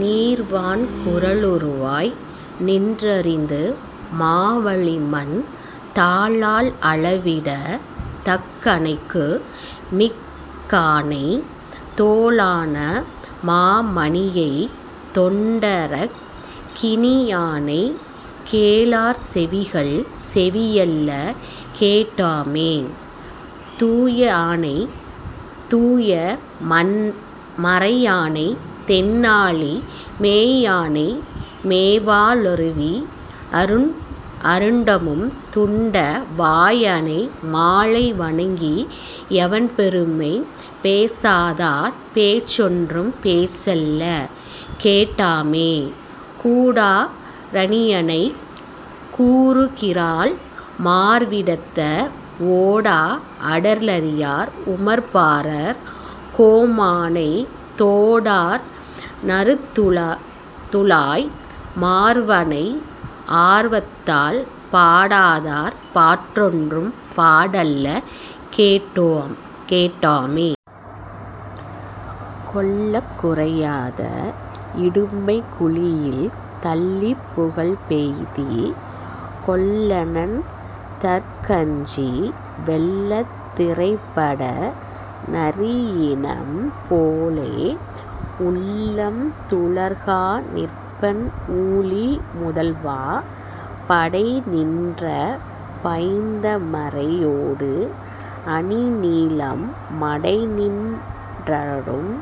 நீள்வான் குறளுருவாய் நின்றிரந்து மாவலிமண், தாளால் அளவிட்ட தக்கணைக்கு மிக்கானை, தோளாத மாமணியைத் தொண்டர்க் கினியானை, கேளாச் செவிகள் செவியல்ல கேட்டாமே. தூயானைத் தூய மறையானை, தென்னாலி மேயானை மேவா ளுயிருண் டமுதுண்ட வாயானை, மாலை வணங்கி யவன்பெருமை, பேசாதார் பேச்சென்றும் பேச்சல்ல கேட்டாமே. கூடா இரணியனைக் கூருகிரால் மார்விடந்த, ஓடா அடலரியை உம்பரார் கோமனை, தோடார் நறுந்துழாய் மார்வனை, ஆர்வத்தால் பாடாதார் பாட்டென்றும் பாட்டல்ல கேட்டாமே. கொள்ளக் குறையாத இடும்பைக் குழியில், தள்ளி புகப்பெய்தி கொல்லென் றதற்கஞ்சி, வெள்ளத் திடைப்பட்ட நரியினம் போலே, உள்ளம் துளங்காநிற்பன் ஊழி முதல்வா.. படைநின்ற பைந்தா மரையோடு அணிநீலம் மடைநின் றலரும்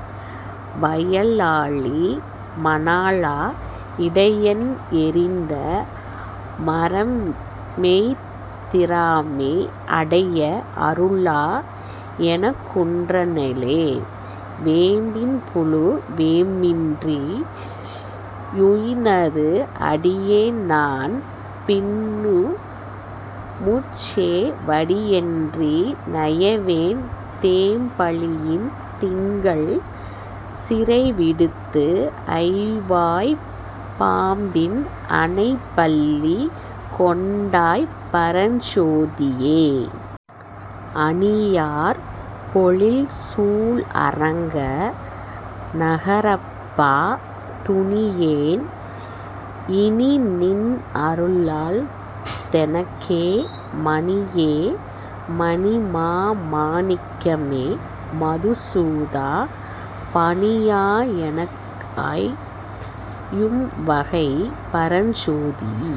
வயலாலி மணாளா, இடையன் எறிந்த மரமேயொத் திராமே, அடைய அருளா யெனக்குன்ற னருளே. வேம்பின்புழு வேம்பின்றி யுண்ணாது, அடியேன் நான்பின்னு முன்சே வடியன்றி நயவேன், தேம்பலிளந் திங்கள் சிறைவிடுத்து, ஐவாய்ப் பாம்பின் அணைப்பள்ளி கொண்டாய் பரஞ்சோதீயே. அணியார் பொழில்சூழ் அரங்க நகரப்பா, துணியேன் இனிநின் அருளல்ல தெனக்கு, மணியே. மணிமா ணிக்கமே. மதுசூதா, பணியா யெனக்குய் யும்வகை, பரஞ்சோதீயே